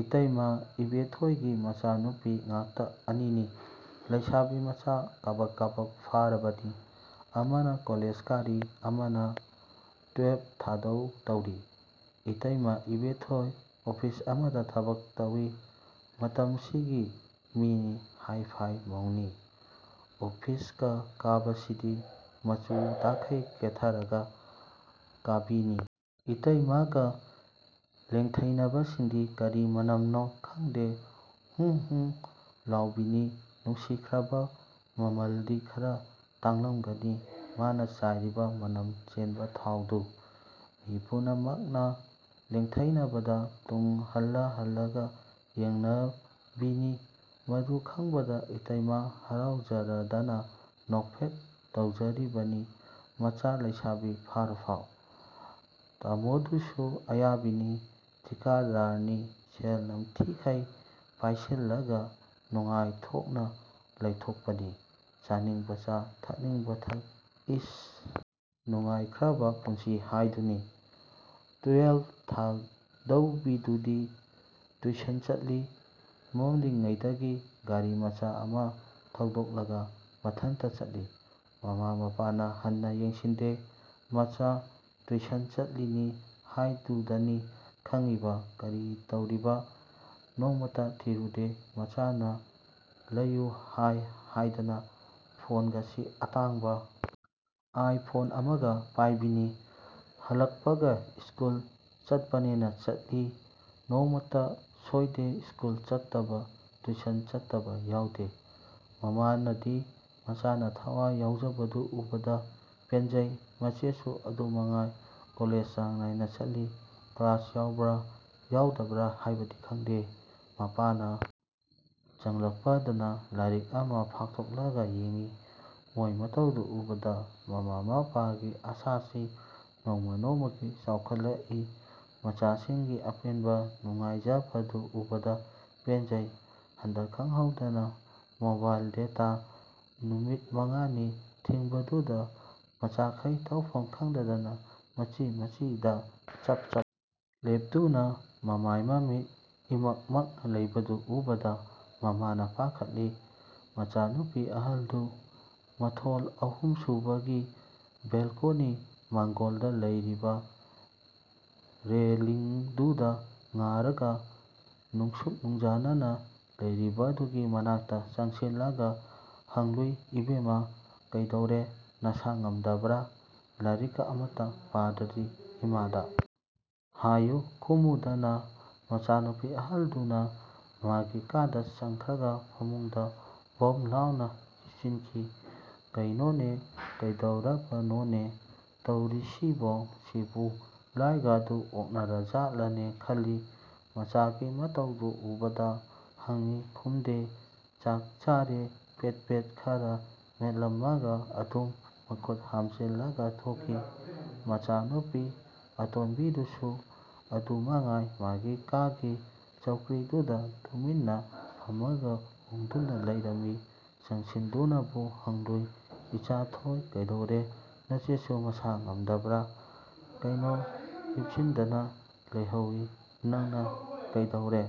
ꯏꯇꯩꯃ ꯏꯕꯦꯊꯣꯏꯒꯤ ꯃꯆꯥꯅꯨꯄꯤ ꯉꯥꯛꯇ ꯑꯅꯤꯅꯤ꯫ ꯂꯩꯁꯥꯕꯤ ꯃꯆꯥ ꯀꯥꯕꯛ ꯀꯥꯕꯛ ꯐꯥꯔꯕꯅꯤ꯫ ꯑꯃꯅ ꯀꯣꯂꯦꯖ ꯀꯥꯔꯤ ꯑꯃꯅ ꯇꯨꯌꯦꯜꯐ ꯊꯥꯗꯧ ꯇꯧꯔꯤ꯫ ꯏꯇꯩꯃ ꯏꯕꯦꯊꯣꯏ ꯑꯣꯐꯤꯁ ꯑꯃꯗ ꯊꯕꯛ ꯇꯧꯏ ꯃꯇꯝꯁꯤꯒꯤ ꯃꯤꯅꯤ ꯍꯥꯏ-ꯐꯥꯏ ꯃꯧꯅꯤ꯫ ꯑꯣꯐꯤꯁꯀ ꯀꯥꯕꯁꯤꯗꯤ ꯃꯆꯨ ꯇꯥꯈꯩ ꯀꯦꯊꯔꯒ ꯀꯥꯕꯤꯅꯤ꯫ ꯏꯇꯩꯃꯒ ꯂꯦꯡꯊꯩꯅꯕꯁꯤꯡꯗꯤ ꯀꯔꯤ ꯃꯅꯝꯅꯣ ꯈꯪꯗꯦ ꯍꯨꯡ ꯍꯨꯡ ꯂꯥꯎꯕꯤꯅꯤ ꯅꯨꯡꯁꯤꯈ꯭ꯔꯕ ꯃꯃꯜꯗꯤ ꯈꯔ ꯇꯥꯡꯂꯝꯒꯅꯤ ꯃꯥꯅ ꯆꯥꯏꯔꯤꯕ ꯃꯅꯝ ꯆꯦꯟꯕ ꯊꯥꯎꯗꯨ꯫ ꯃꯤ ꯄꯨꯝꯅꯃꯛꯅ ꯂꯦꯡꯊꯩꯅꯕꯗ ꯇꯨꯡ ꯍꯜꯂ ꯍꯜꯂꯒ ꯌꯦꯡꯅꯕꯤꯅꯤ꯫ ꯃꯗꯨ ꯈꯪꯕꯗ ꯏꯇꯩꯃꯅꫪ ꯍꯔꯥꯎꯖꯔꯗꯅ ꯅꯣꯛꯐꯦꯠ ꯇꯧꯖꯔꯤꯕꯅꯤ ꯃꯆꯥ ꯂꯩꯁꯥꯕꯤ ꯐꯥꯔꯐꯥꯎ꯫ ꯇꯥꯃꯣꯗꯨꯁꯨ ꯑꯌꯥꯕꯤꯅꯤ꯫ ꯊꯤꯀꯥꯗꯥꯔꯅꯤ ꯁꯦꯜ ꯅꯝꯊꯤꯈꯩ ꯄꯥꯏꯁꯤꯜꯂꯒ ꯅꯨꯉꯥꯢꯊꯣꯛꯅ ꯂꯩꯊꯣꯛꯄꯅꯤ꯫ ꯆꯥꯅꯤꯡꯕ ꯆꯥ ꯊꯛꯅꯤꯡꯕ ꯊꯥꯛ ꯏꯁ! ꯅꯨꯡꯉꯥꯏꯈ꯭ꯔꯕ ꯄꯨꯟꯁꯤ ꯍꯥꯏꯗꯨꯅꯤ꯫ ꯇꯨꯌꯦꯜꯐ ꯊꯥꯗꯧꯕꯤꯗꯨꯗꯤ ꯇ꯭ꯌꯨꯁꯟ ꯆꯠꯂꯤ꯫ ꯃꯝꯂꯤꯉꯩꯗꯒꯤ ꯒꯥꯔꯤ ꯃꯆꯥ ꯑꯃ ꯊꯧꯗꯣꯛꯂꯒ ꯃꯊꯟꯇ ꯆꯠꯂꯤ꯫ ꯃꯃꯥ ꯃꯄꯥꯅ ꯍꯟꯅ ꯌꯦꯡꯁꯤꯟꯗꯦ ꯃꯆꯥ ꯇ꯭ꯌꯨꯁꯟ ꯆꯠꯂꯤꯅꯤ ꯍꯥꯏꯗꯨꯗꯅꯤ ꯈꯪꯏꯕ ꯀꯔꯤ ꯇꯧꯔꯤꯕ ꯅꯣꯡꯃꯇ ꯊꯤꯔꯨꯗꯦ꯫ ꯃꯆꯥꯅ ꯂꯩꯌꯨ ꯍꯥꯏ ꯍꯥꯏꯗꯅ ꯐꯣꯟꯒꯁꯤ ꯑꯇꯥꯡꯕ ꯑꯥꯏ ꯐꯣꯟ ꯑꯃꯒ ꯄꯥꯏꯕꯤꯅꯤ꯫ ꯍꯜꯂꯛꯄꯒ ꯁ꯭ꯀꯨꯜ ꯆꯠꯄꯅꯦꯅ ꯆꯠꯂꯤ꯫ ꯅꯣꯡꯃꯇ ꯁꯣꯏꯗꯦ ꯁ꯭ꯀꯨꯜ ꯆꯠꯇꯕ ꯇ꯭ꯌꯨꯁꯟ ꯆꯠꯇꯕ ꯌꯥꯎꯗꯦ꯫ ꯃꯃꯥꯅꯗꯤ ꯃꯆꯥꯅ ꯊꯋꯥꯏ ꯌꯥꯎꯖꯕꯗꯨ ꯎꯕꯗ ꯄꯦꯟꯖꯩ꯫ ꯃꯆꯦꯁꯨ ꯑꯗꯨꯃꯉꯥꯏ ꯀꯣꯂꯦꯖ ꯆꯥꯡ ꯅꯥꯏꯅ ꯆꯠꯂꯤ ꯀ꯭ꯂꯥꯁ ꯌꯥꯎꯕ꯭ꯔ ꯌꯥꯎꯗꯕ꯭ꯔ ꯍꯥꯏꯕꯗꯤ ꯈꯪꯗꯦ꯫ ꯃꯄꯥꯅ ꯆꯪꯂꯛꯄꯗꯨꯅ ꯂꯥꯏꯔꯤꯛ ꯑꯃ ꯐꯥꯛꯇꯣꯛꯂꯒ ꯌꯦꯡꯏ꯫ ꯃꯣꯏ ꯃꯇꯧꯗꯨ ꯎꯕꯗ ꯃꯃꯥ ꯃꯄꯥꯒꯤ ꯑꯥꯁꯥꯁꯤ ꯅꯣꯡꯃ ꯅꯣꯡꯃꯒꯤ ꯆꯥꯎꯈꯠꯂꯛꯏ꯫ ꯃꯆꯥꯁꯤꯡꯒꯤ ꯑꯄꯦꯟꯕ ꯅꯨꯡꯉꯥꯏꯖꯕꯗꯨ ꯎꯕꯗ ꯄꯦꯟꯖꯩ꯫ ꯍꯟꯗꯛ ꯈꯪꯍꯧꯗꯅ ꯃꯣꯕꯥꯏꯜ ꯗꯦꯇꯥ ꯅꯨꯃꯤꯠ ꯃꯉꯥꯅꯤ ꯊꯤꯡꯕꯗꯨꯗ ꯃꯆꯥꯈꯩ ꯇꯧꯐꯝ ꯈꯪꯗꯗꯅ ꯃꯆꯤ ꯃꯆꯤꯗ ꯆꯞ ꯆꯞ ꯂꯦꯞꯇꯨꯅ ꯃꯃꯥꯏ ꯃꯃꯤꯠ ꯏꯃꯛ ꯃꯛꯅ ꯂꯩꯕꯗꯨ ꯎꯕꯗ ꯃꯃꯥꯅ ꯄꯥꯈꯠꯂꯤ꯫ ꯃꯆꯥ ꯅꯨꯄꯤ ꯑꯍꯜꯗꯨ ꯃꯊꯣꯜ ꯑꯍꯨꯝꯁꯨꯕꯒꯤ ꯕꯦꯜꯀꯣꯅꯤ ꯃꯥꯡꯒꯣꯜꯗ ꯂꯩꯔꯤꯕ ꯔꯦꯂꯤꯡꯗꯨꯗ ꯉꯥꯔꯒ ꯅꯨꯡꯁꯨꯛ ꯅꯨꯡꯖꯥꯅꯅ ꯂꯩꯔꯤꯕꯗꯨꯒꯤ ꯃꯅꯥꯛꯇ ꯆꯪꯁꯤꯜꯂꯒ ꯍꯪꯂꯨꯏ ꯏꯕꯦꯝꯃ ꯀꯩꯗꯧꯔꯦ ꯅꯁꯥ ꯉꯝꯗꯕ꯭ꯔ ꯂꯥꯏꯔꯤꯛꯀ ꯑꯃꯠꯇ ꯄꯥꯗ꯭ꯔꯗꯤ ꯏꯃꯥꯗ ꯍꯥꯏꯌꯨ꯫ꯈꯨꯝꯃꯨꯗꯅ ꯃꯆꯥꯅꯨꯄꯤ ꯑꯍꯜꯗꯨꯅ ꯃꯥꯒꯤ ꯀꯥꯗ ꯆꯪꯈ꯭ꯔꯒ ꯐꯃꯨꯡꯗ ꯕꯣꯝ ꯂꯥꯎꯅ ꯍꯤꯞꯆꯤꯟꯈꯤ꯫ ꯀꯩꯅꯣꯅꯦ ꯀꯩꯗꯧꯔꯕꯅꯣꯅꯦ ꯇꯧꯔꯤꯁꯤꯕꯣ ꯁꯤꯕꯨ ꯂꯥꯏꯒꯥꯗꯨ ꯑꯣꯛꯅꯔꯖꯥꯠꯂꯅꯦ ꯈꯜꯂꯤ ꯃꯆꯥꯒꯤ ꯃꯇꯧꯗꯨ ꯎꯕꯗ ꯍꯪꯏ ꯈꯨꯝꯗꯦ ꯆꯥꯛ ꯆꯥꯔꯦ ꯄꯦꯠ ꯄꯦꯠ ꯈꯔ ꯃꯦꯠꯂꯝꯃꯒ ꯑꯗꯨꯝ ꯃꯈꯨꯠ ꯍꯥꯝꯖꯤꯜꯂꯒ ꯊꯣꯛꯈꯤ꯫ ꯃꯆꯥꯅꯨꯄꯤ ꯑꯇꯣꯟꯕꯤꯗꯨꯁꯨ ꯑꯗꯨ ꯃꯉꯥꯏ ꯃꯥꯒꯤ ꯀꯥꯒꯤ ꯆꯧꯀ꯭ꯔꯤꯗꯨꯗ ꯇꯨꯃꯤꯟꯅ ꯐꯝꯃꯒ ꯎꯪꯗꯨꯅ ꯂꯩꯔꯝꯃꯤ꯫ ꯆꯪꯁꯤꯟꯗꯨꯅꯕꯨ ꯍꯪꯂꯨꯏ ꯏꯆꯥꯊꯣꯏ ꯀꯩꯗꯧꯔꯦ ꯅꯆꯦꯁꯨ ꯃꯁꯥ ꯉꯝꯗꯕ꯭ꯔ ꯀꯩꯅꯣ ꯍꯤꯞꯆꯤꯟꯗꯅ ꯂꯩꯍꯧꯏ꯫ ꯅꯪꯅ ꯀꯩꯗꯧꯔꯦ?